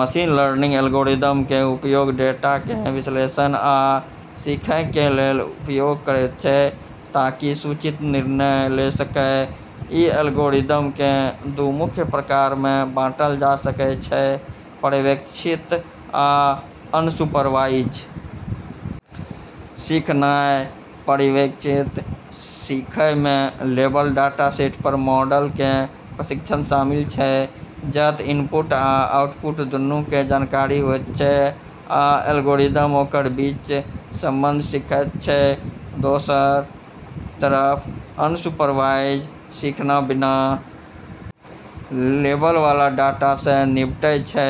Machine learning algorithm कें उपयोग data कें विश्लेषण आ सीखय कें लेल करयत छै ताकि सूचित निर्णय ले सकय, इ एल्गोरिदम कें दू मुख्य प्रकार मे बांटल जा सकय छै पर्यवेक्षित आ अनसुपरवाइज सीखनाय पर्यवेक्षित सीखय मे लेबल डाटा-सेट पर मॉडल कें प्रशिक्षण शामिल छै जत इनपुट आ आउटपुट दूनू कें जानकारी होयत छै आ एल्गोरिदम ओकर बीच संबंध सीखयत छै, दोसरऽ तरफ अनसुपरवाइज सीखना बिना लेबल वाला डाटा से निपटै छै,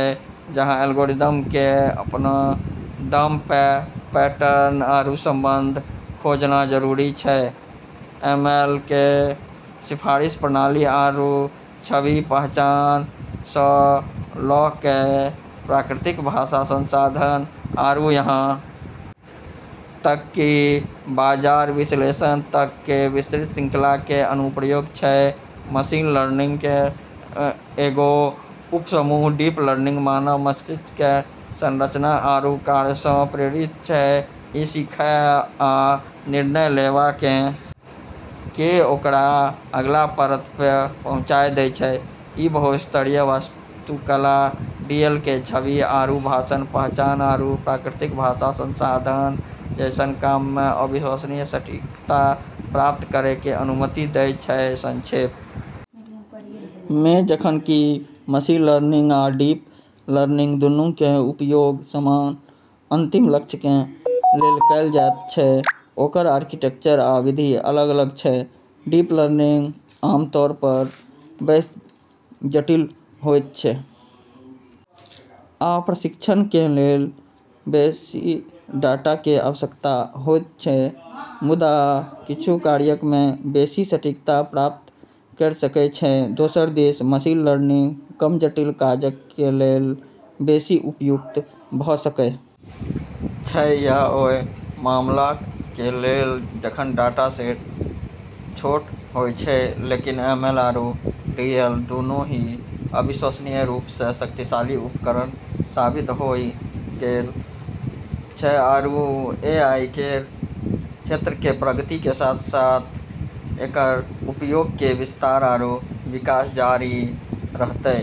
जहाँ एल्गोरिदम के अपनऽ दम पे पैटर्न आरू संबंध खोजना जरूरी छै, एमएल केरऽ सिफारिश प्रणाली आरू छवि पहचान स ल कै प्राकृतिक भाषा संसाधन आरू यहां तक कि बाजार विश्लेषण तक के विस्तृत श्रृंखला के अनुप्रयोग छै, मशीन लर्निंग केरऽ एगो उपसमूह डीप लर्निंग मानव मस्तिष्क केरऽ संरचना आरू कार्य स॑ प्रेरित छै, इ सीखय आ निर्णय लेवा कें के ओकरा अगला परत पे पहुँचाय दै छै, ई बहुस्तरीय वास्तुकला डीएल के छवि आरू भाषण पहचान आरू प्राकृतिक भाषा संसाधन जैसनऽ काम मे अविश्वसनीय सटीकता प्राप्त करै के अनुमति दै छै, संक्षेप मे जखन कि मशीन लर्निंग आ डीप लर्निंग दूनू कें उपयोग समान अंतिम लक्ष्य कें लेल कैल जायत छै ओकर आर्किटेक्चर आ विधि अलग-अलग छै, डीप लर्निंग आमतौर पर बेसि जटिल होयत छै आ प्रशिक्षण कें लेल बेसि डाटा कें आवश्यकता होयत छै मुदा किच्छू कार्यक मे बेसि सटीकता प्राप्त कयर सकय छै दोसर दिस मशीन लर्निंग कम जटिल काजक कें लेल बेसि उपयुक्त भ सकय छै, या ओय मामलाक कें लेल जखन डाटा-सेट छोट होय छै लेकिन एमएल आरू डीएल दोनों ही अविश्वसनीय रूप से शक्तिशाली उपकरण साबित होय गेलऽ छै आरू एआई केरऽ क्षेत्र के प्रगति के साथ-साथ एकरऽ उपयोग के विस्तार आरू विकास जारी रहतै।